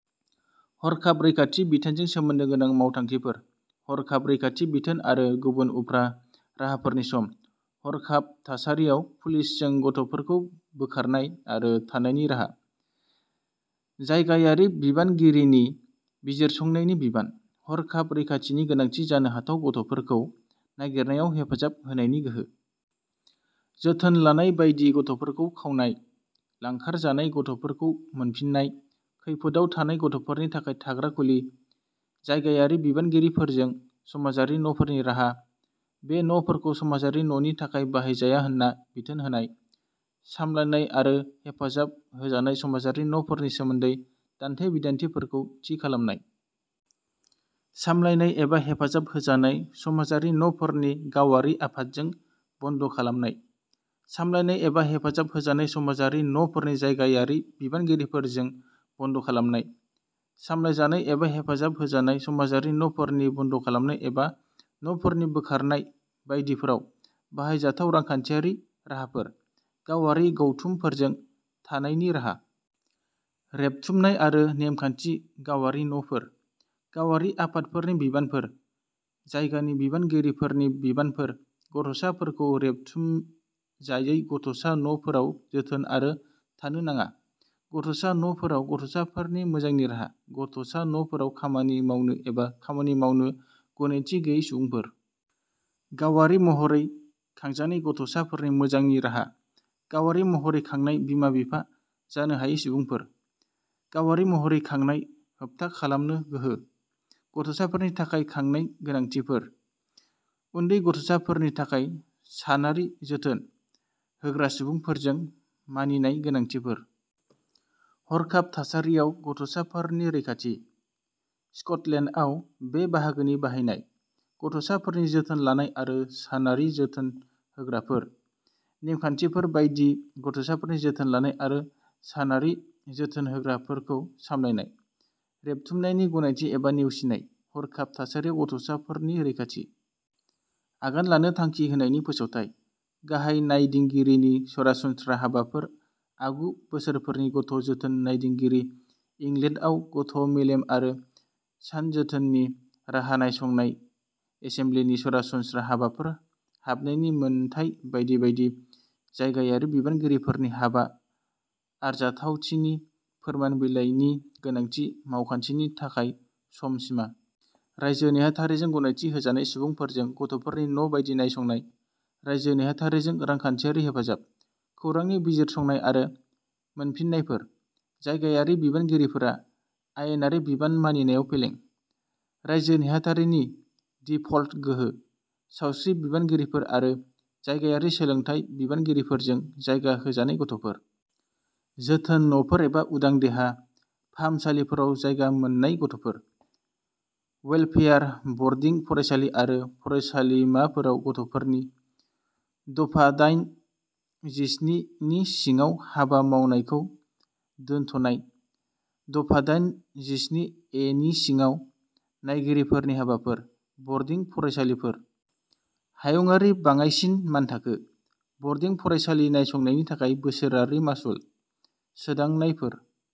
हरखाब रैखाथि बिथोनजों सोमोन्दो गोनां मावथांखिफोर। हरखाब रैखाथि बिथोन आरो गुबुन उफ्रा राहाफोरनि सम। हरखाब थासारियाव पुलिसजों गथ'फोरखौ बोखारनाय आरो थानायनि राहा। जायगायारि बिबानगिरिनि बिजिरसंनायनि बिबान। हरखाब रैखाथिनि गोनांथि जानो हाथाव गथ'फोरखौ नागिरनायाव हेफाजाब होनायनि गोहो। जोथोन लानाय बायदि गथ'फोरखौ खावनाय। लांखारजानाय गथ'फोरखौ मोनफिननाय। खैफोदाव थानाय गथ'फोरनि थाखाय थाग्रा खुलि। जायगायारि बिबानगिरिफोरजों समाजारि न'फोरनि राहा। बे न'फोरखौ समाजारि न'नि थाखाय बाहायजाया होनना बिथोन होनाय। सामलायनाय आरो हेफाजाब होजानाय समाजारि न'फोरनि सोमोन्दै दान्थे-बिदान्थेफोरखौ थि खालामनाय। सामलायनाय एबा हेफाजाब होजानाय समाजारि न'फोरनि गावआरि आफादजों बन्द'खालामनाय। सामलायनाय एबा हेफाजाब होजानाय समाजारि न'फोरनि जायगायारि बिबानगिरिजों बन्द'खालामनाय। सामलायजानाय एबा हेफाजाब होजानाय समाजारि न'फोरनि बन्द'खालामनाय एबा न'फोरनि बोखारनाय बायदिफोराव बाहायजाथाव रांखान्थियारि राहाफोर। गावआरि गौथुमफोरजों थानायनि राहा। रेबथुमनाय आरो नेमखान्थि गावआरि न’फोर। गावआरि आफादफोरनि बिबानफोर। जायगानि बिबानगिरिफोरनि बिबानफोर। गथ’ साफोरखौ रेबथुमजायै गथ’सा न’फोराव जोथोन आरो थानो नाङा। गथ’सा न’फोराव गथ’साफोरनि मोजांनि राहा। गथ सा न’ फोराव खामानि मावनो एबा खामानि मावनो गनायथि गैयै सुबुंफोर। गावारि महरै खांजानाय गथ’ साफोरनि मोजांनि राहा। गावारि महरै खांनाय बिमा-बिफा जानो हायि सुबुंफोर। गावारि महरै खांनाय होबथा खालामनो गोहो। गथ’साफोरनि थाखाय खांनाय गोनांथिफोर। उन्दै गथ’साफोरनि थाखाय सानारि जोथोन होग्रा सुबुंफोरजों मानिनाय गोनांथिफोर। हरखाब थासारियाव गथ’साफोरनि रैखाथि। स्कटलेन्डआव बे बाहागोनि बाहायनाय। गथ’साफोरनि जोथोन लानाय आरो सानारि जोथोन होग्राफोर। नेमखान्थिफोर बायदि गथ’साफोरनि जोथोन लानाय आरो सानारि जोथोन होग्राफोरखौ सामलायनाय। रेबथुमनायनि गनायथि एबा नेवसिनाय। हरखाब थासारियाव गथ’साफोरनि रैखाथि। आगान लानो थांखि होनायनि फोसावथाइ। गाहाय नायदिंगिरिनि सरासनस्रा हाबाफोर आगु बोसोरफोरनि गथ’ जोथोन नायदिंगिरि इंलेन्डआव गथ’ मेलेम आरो सान जोथोननि राहा नायसंनाय एसेमब्लिनि सरासनस्रा हाबाफोर हाबनायनि मोनथाय बायदि बायदि जायगायारि बिबानगिरिफोरनि हाबा आरजाथावथिनि फोरमान बिलाइनि गोनांथि मावखान्थिनि थाखाय सम सिमा। रायजो नेहाथारिजों गनायथि होजानाय सुबुंफोरजों गथ’फोरनि न’ बायदि नायसंनाय। रायजो नेहाथारिजों रांखान्थियारि हेफाजाब। खौरांनि बिजिरसंनाय आरो मोनफिन्नायफोर। जायगायारि बिबानगिरिफोरा आयेनारि बिबान मानिनायाव फेलें। रायजो नेहाथारिनि दिफल्ट गोहो। सावस्रि बिबानगिरिफोर आरो जायगायारि सोलोंथाय बिबानगिरिफोरजों जायगा होजानाय गथ’फोर। जोथोन न’फोर एबा उदां देहा फाहामसालिफोराव जायगा मोन्नाय गथ’फोर। वेलफेयार बरडिं फरायसालि आरो फरायसालिमाफोराव गथ’फोरनि। दफा दाइन जिस्नि नि सिङाव हाबा मावनायखौ दोनथ "नाय। दफा दाइन जिस्नि ए नि सिङाव नायगिरिफोरनि हाबाफोर। बरडिं फरायसालिफोर। हायुंआरि बाङाइसिन मानथाखो। बरडिं फरायसालि नायसंनायनि थाखाय बोसोरारि मासुल। सोदांनायफोर